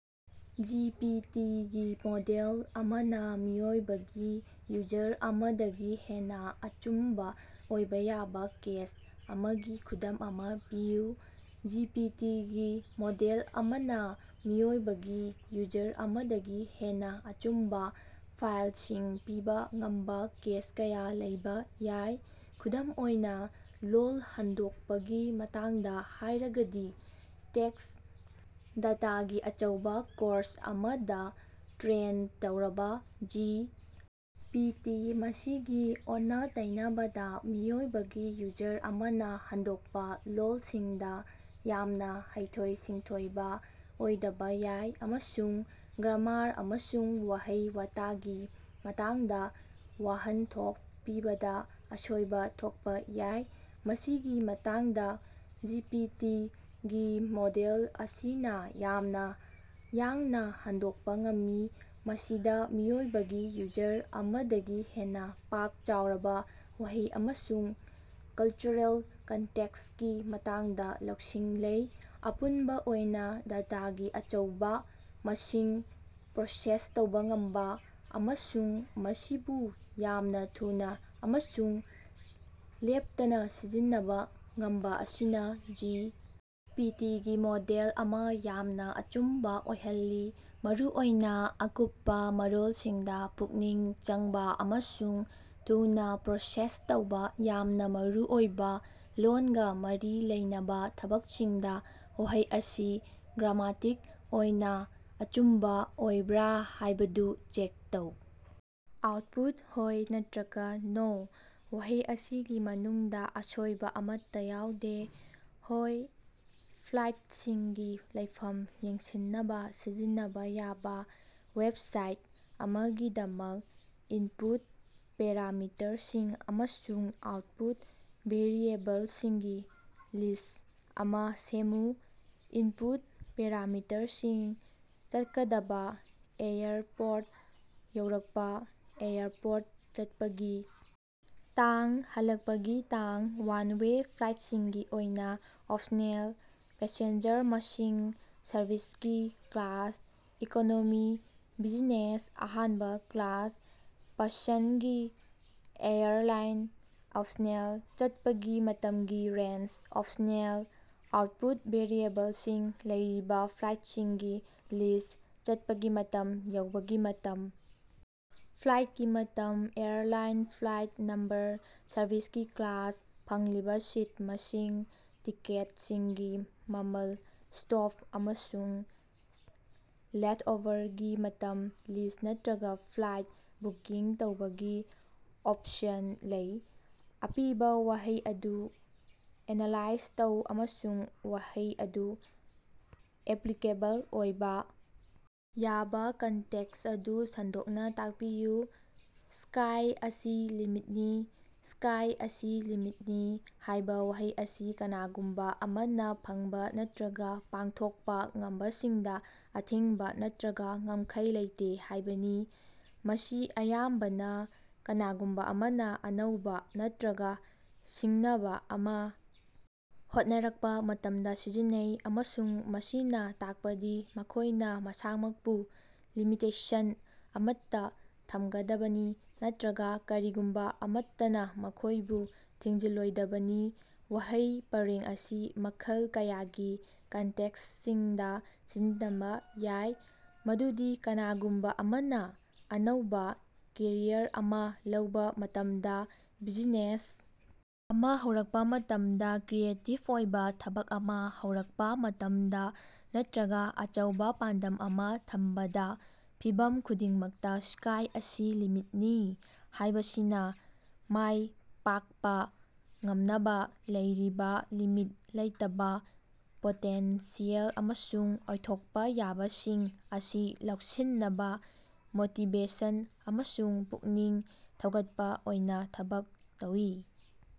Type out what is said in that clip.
G. P. T. ꯒꯤ model ꯑꯃꯅ ꯃꯤꯑꯣꯏꯕꯒꯤ ꯌꯨꯖꯔ ꯑꯃꯗꯒꯤ ꯍꯦꯟꯅꯥ ꯑꯆꯨꯝꯕ ꯑꯣꯏꯕ ꯌꯥꯕ ꯀꯦꯁ ꯑꯃꯒꯤ ꯈꯨꯗꯝ ꯑꯃ ꯄꯤꯌꯨ꯫ ꯖꯤ. ꯄꯤ. ꯇꯤ. ꯒꯤ ꯃꯣꯗꯦꯜ ꯑꯃꯅ ꯃꯤꯑꯣꯏꯕꯒꯤ ꯌꯨꯖꯔ ꯑꯃꯗꯒꯤ ꯍꯦꯟꯅ ꯑꯆꯨꯝꯕꯥ ꯐꯥꯏꯂꯁꯤꯡ ꯄꯤꯕ ꯉꯝꯕꯥ ꯀꯦꯁ ꯀꯌꯥ ꯂꯩꯕ ꯌꯥꯏ꯫ ꯈꯨꯗꯝ ꯑꯣꯏꯅ, ꯂꯣꯜ ꯍꯟꯗꯣꯛꯄꯒꯤ ꯃꯇꯥꯡꯗ ꯍꯥꯏꯔꯒꯗꯤ, ꯇꯦꯛꯁ ꯗꯇꯥꯒꯤ ꯑꯆꯧꯕ ꯀꯣꯔꯁ ꯑꯃꯗ ꯇ꯭ꯔꯦꯟ ꯇꯧꯔꯕ ꯖꯤ. ꯄꯤ. ꯇꯤ. ꯃꯁꯤꯒꯤ ꯑꯣꯟꯅ-ꯇꯩꯅꯕꯗ, ꯃꯤꯑꯣꯏꯕꯒꯤ ꯌꯨꯖꯔ ꯑꯃꯅ ꯍꯟꯗꯣꯛꯄꯥ ꯂꯣꯜꯁꯤꯡꯗ ꯌꯥꯝꯅ ꯍꯩꯊꯣꯏ-ꯁꯤꯡꯊꯣꯏꯕ ꯑꯣꯏꯗꯕ ꯌꯥꯏ ꯑꯃꯁꯨꯡ ꯒ꯭ꯔꯃꯥꯔ ꯑꯃꯁꯨꯡ ꯋꯥꯍꯩ ꯋꯥꯇꯒꯤ ꯃꯇꯥꯡꯗ ꯋꯥꯍꯟꯊꯣꯛ ꯄꯤꯕꯗꯥ ꯑꯁꯣꯏꯕꯥ ꯊꯣꯛꯄꯥ ꯌꯥꯏ꯫ ꯃꯁꯤꯒꯤ ꯃꯊꯛꯇꯥ, ꯖꯤ. ꯄꯤ. ꯇꯤ. ꯒꯤ ꯃꯣꯗꯦꯜ ꯑꯁꯤꯅ ꯌꯥꯝꯅ ꯌꯥꯡꯅ ꯍꯟꯗꯣꯛꯄ ꯉꯝꯃꯤ, ꯃꯁꯤꯗ ꯃꯤꯑꯣꯏꯕꯒꯤ ꯌꯨꯖꯔ ꯑꯃꯗꯒꯤ ꯍꯦꯟꯅꯥ ꯄꯥꯛ ꯆꯥꯎꯔꯕ ꯋꯥꯍꯩ ꯑꯃꯁꯨꯡ ꯀꯜꯆꯔꯦꯜ ꯀꯟꯇꯦꯛꯁꯀꯤ ꯃꯇꯥꯡꯗ ꯂꯧꯁꯤꯡ ꯂꯩ꯫ ꯑꯄꯨꯟꯕꯥ ꯑꯣꯏꯅ, ꯗꯇꯥꯒꯤ ꯑꯆꯧꯕ ꯃꯁꯤꯡ ꯄ꯭ꯔꯣꯁꯦꯁ ꯇꯧꯕ ꯉꯝꯕꯥ, ꯑꯃꯁꯨꯡ ꯃꯁꯤꯕꯨ ꯌꯥꯝꯅ ꯊꯨꯅꯥ ꯑꯃꯁꯨꯡ ꯂꯦꯞꯇꯅꯥ ꯁꯤꯖꯤꯟꯅꯕꯥ ꯉꯝꯕꯥ ꯑꯁꯤꯅ ꯖꯤ. ꯄꯤ. ꯇꯤ. ꯒꯤ ꯃꯣꯗꯦꯜ ꯑꯃ ꯌꯥꯝꯅ ꯑꯆꯨꯝꯕꯥ ꯑꯣꯏꯍꯜꯂꯤ, ꯃꯔꯨꯑꯣꯏꯅ ꯑꯀꯨꯞꯄꯥ ꯃꯔꯣꯜꯁꯤꯡꯗ ꯄꯨꯛꯅꯤꯡ ꯆꯪꯕ ꯑꯃꯁꯨꯡ ꯊꯨꯅ ꯄ꯭ꯔꯣꯁꯦꯁ ꯇꯧꯕ ꯌꯥꯝꯅ ꯃꯔꯨ ꯑꯣꯏꯕ ꯂꯣꯟꯒꯥ ꯃꯔꯤ ꯂꯩꯅꯕ ꯊꯕꯛꯁꯤꯡꯗ꯫ ꯋꯥꯍꯩ ꯑꯁꯤ ꯒ꯭ꯔꯥꯃꯇꯤꯛ ꯑꯣꯏꯅ ꯑꯆꯨꯝꯕꯥ ꯑꯣꯏꯕ꯭ꯔꯥ ꯍꯥꯏꯕꯗꯨ ꯆꯦꯛ ꯇꯧ꯫ ꯑꯥꯎꯠꯄꯨꯠ ꯍꯣꯏ ꯅꯠꯇꯔꯒ ꯅꯣ꯫ ꯋꯥꯍꯩ ꯑꯁꯤꯒꯤ ꯃꯅꯨꯡꯗꯥ ꯑꯁꯣꯏꯕ ꯑꯃꯠꯇꯥ ꯌꯥꯎꯗꯦ꯫ ꯍꯣꯏ ꯐ꯭ꯂꯥꯏꯠꯁꯤꯡꯒꯤ ꯂꯩꯐꯝ ꯌꯦꯡꯁꯤꯟꯅꯕꯥ ꯁꯤꯖꯤꯟꯅꯕꯥ ꯌꯥꯕ ꯋꯦꯕꯁꯥꯏꯠ ꯑꯃꯒꯤꯗꯃꯛ ꯏꯟꯄꯨꯠ ꯄꯦꯔꯥꯃꯤꯇꯔꯁꯤꯡ ꯑꯃꯁꯨꯡ ꯑꯥꯎꯠꯄꯨꯠ ꯚꯦꯔꯤꯑꯦꯕꯜꯁꯤꯡꯒꯤ ꯂꯤꯁ ꯑꯃ ꯁꯦꯝꯃꯨ꯫ ꯏꯟꯄꯨꯠ ꯄꯦꯔꯥꯃꯤꯇꯔꯁꯤꯡ: ꯆꯠꯀꯗꯕꯥ ꯑꯦꯌꯔꯄꯣꯔꯠ ꯌꯧꯔꯛꯄꯥ ꯑꯦꯌꯔꯄꯣꯔꯠ ꯆꯠꯄꯒꯤ ꯇꯥꯡ ꯍꯜꯂꯛꯄꯒꯤ ꯇꯥꯡ (ꯋꯥꯟ ꯋꯦ ꯐ꯭ꯂꯥꯏꯠꯁꯤꯡꯒꯤ ꯑꯣꯏꯅ ꯑꯣꯞꯁꯅꯦꯜ) ꯄꯦꯁꯦꯟꯖꯔ ꯃꯁꯤꯡ ꯁꯔꯚꯤꯁꯀꯤ ꯀ꯭ꯂꯥꯁ (ꯏꯀꯣꯅꯣꯃꯤ, ꯕꯤꯖꯤꯅꯦꯁ, ꯑꯍꯥꯟꯕ ꯀ꯭ꯂꯥꯁ) ꯄꯁꯟꯗꯒꯤ ꯑꯦꯌꯔꯂꯥꯏꯟ (ꯑꯣꯞꯁꯅꯦꯜ) ꯆꯠꯄꯒꯤ ꯃꯇꯝꯒꯤ ꯔꯦꯟꯖ ( ꯑꯣꯞꯁꯅꯦꯜ) ꯑꯥꯎꯠꯄꯨꯠ ꯚꯦꯔꯤꯑꯦꯕꯜꯁꯤꯡ: ꯂꯩꯔꯤꯕ ꯐ꯭ꯂꯥꯏꯠꯁꯤꯡꯒꯤ ꯂꯤꯁ꯭ ꯆꯠꯄꯒꯤ ꯃꯇꯝ ꯌꯧꯕꯒꯤ ꯃꯇꯝ ꯐ꯭ꯂꯥꯏꯠꯀꯤ ꯃꯇꯝ ꯑꯦꯌꯔꯂꯥꯏꯟ ꯐ꯭ꯂꯥꯏꯠ ꯅꯝꯕꯔ ꯁꯔꯚꯤꯁꯀꯤ ꯀ꯭ꯂꯥꯁ ꯐꯪꯂꯤꯕ ꯁꯤꯠ ꯃꯁꯤꯡ ꯇꯤꯀꯦꯠ(ꯁꯤꯡ)ꯒꯤ ꯃꯃꯜ ꯁ꯭ꯇꯣꯞ ꯑꯃꯁꯨꯡ ꯂꯦꯠꯑꯣꯚꯔꯒꯤ ꯃꯇꯝ ꯂꯤꯁ ꯅꯠꯇꯔꯒ ꯐ꯭ꯂꯥꯏꯠ ꯕꯨꯀꯤꯡ ꯇꯧꯕꯒꯤ ꯑꯣꯞꯁꯟ ꯂꯩ꯫ ꯑꯄꯤꯕ ꯋꯥꯍꯩ ꯑꯗꯨ ꯑꯦꯅꯥꯂꯥꯏꯖ ꯇꯧ ꯑꯃꯁꯨꯡ ꯋꯥꯍꯩ ꯑꯗꯨ ꯑꯦꯄꯂꯤꯀꯦꯕꯜ ꯑꯣꯏꯕ ꯌꯥꯕ ꯀꯟꯇꯦꯛꯁ ꯑꯗꯨ ꯁꯟꯗꯣꯛꯅ ꯇꯥꯛꯄꯤꯌꯨ꯫ "ꯁ꯭ꯀꯥꯏ ꯑꯁꯤ ꯂꯤꯃꯤꯠꯅꯤ"꯫ "ꯁ꯭ꯀꯥꯏ ꯑꯁꯤ ꯂꯤꯃꯤꯠꯅꯤ" ꯍꯥꯏꯕ ꯋꯥꯍꯩ ꯑꯁꯤ ꯀꯅꯥꯒꯨꯝꯕ ꯑꯃꯅ ꯐꯪꯕ ꯅꯠꯇꯔꯒ ꯄꯥꯡꯊꯣꯛꯄ ꯉꯝꯕꯁꯤꯡꯗ ꯑꯊꯤꯡꯕ ꯅꯠꯇꯔꯒ ꯉꯝꯈꯩ ꯂꯩꯇꯦ ꯍꯥꯏꯕꯅꯤ꯫ ꯃꯁꯤ ꯑꯌꯥꯝꯕꯅ ꯀꯅꯥꯒꯨꯝꯕ ꯑꯃꯅ ꯑꯅꯧꯕ ꯅꯠꯇꯔꯒ ꯁꯤꯡꯅꯕ ꯑꯃ ꯍꯣꯠꯅꯔꯛꯄ ꯃꯇꯝꯗ ꯁꯤꯖꯤꯟꯅꯩ, ꯑꯃꯁꯨꯡ ꯃꯁꯤꯅ ꯇꯥꯛꯄꯗꯤ ꯃꯈꯣꯏꯅꯥ ꯃꯁꯥꯃꯛꯄꯨ ꯂꯤꯃꯤꯇꯦꯁꯟ ꯑꯃꯠꯇꯥ ꯊꯝꯒꯗꯕꯅꯤ ꯅꯠꯇꯔꯒꯥ ꯀꯔꯤꯒꯨꯝꯕ ꯑꯃꯠꯇꯅꯥ ꯃꯈꯣꯏꯕꯨ ꯊꯤꯡꯖꯤꯜꯂꯣꯏꯗꯕꯅꯤ꯫ ꯋꯥꯍꯩ ꯄꯔꯦꯡ ꯑꯁꯤ ꯃꯈꯜ ꯀꯌꯥꯒꯤ ꯀꯟꯇꯦꯛꯁꯁꯤꯡꯗ ꯁꯤꯖꯤꯟꯅꯕ ꯌꯥꯏ, ꯃꯗꯨꯗꯤ ꯀꯅꯥꯒꯨꯝꯕ ꯑꯃꯅ ꯑꯅꯧꯕ ꯀꯦꯔꯤꯌꯔ ꯑꯃ ꯂꯧꯕ ꯃꯇꯝꯗꯥ, ꯕꯤꯖꯤꯅꯦꯁ ꯑꯃ ꯍꯧꯔꯛꯄ ꯃꯇꯝꯗ, ꯀ꯭ꯔꯤꯌꯦꯇꯤꯕ ꯑꯣꯏꯕ ꯊꯕꯛ ꯑꯃ ꯍꯧꯔꯛꯄꯥ ꯃꯇꯝꯗ ꯅꯠꯇꯔꯒ ꯑꯆꯧꯕ ꯄꯥꯟꯗꯝ ꯑꯃꯥ ꯊꯝꯕꯗꯥ꯫ ꯐꯤꯚꯝ ꯈꯨꯗꯤꯡꯃꯛꯇꯥ "ꯁ꯭ꯀꯥꯏ ꯑꯁꯤ ꯂꯤꯃꯤꯠꯅꯤ" ꯍꯥꯌꯕꯁꯤꯅꯥ ꯃꯥꯌ ꯄꯥꯀꯄꯥ ꯉꯝꯅꯕꯥ ꯂꯩꯔꯤꯕꯥ ꯂꯤꯃꯤꯠ ꯂꯩꯇꯕ ꯄꯣꯇꯦꯟꯁꯤꯌꯦꯜ ꯑꯃꯁꯨꯡ ꯑꯣꯏꯊꯣꯛꯄ ꯌꯥꯕꯁꯤꯡ ꯑꯁꯤ ꯂꯧꯁꯤꯟꯅꯕ ꯃꯣꯇꯤꯕꯦꯁꯟ ꯑꯃꯁꯨꯡ ꯄꯨꯛꯅꯤꯡ ꯊꯧꯒꯠꯄ ꯑꯣꯏꯅ ꯊꯕꯛ ꯇꯧꯏ꯫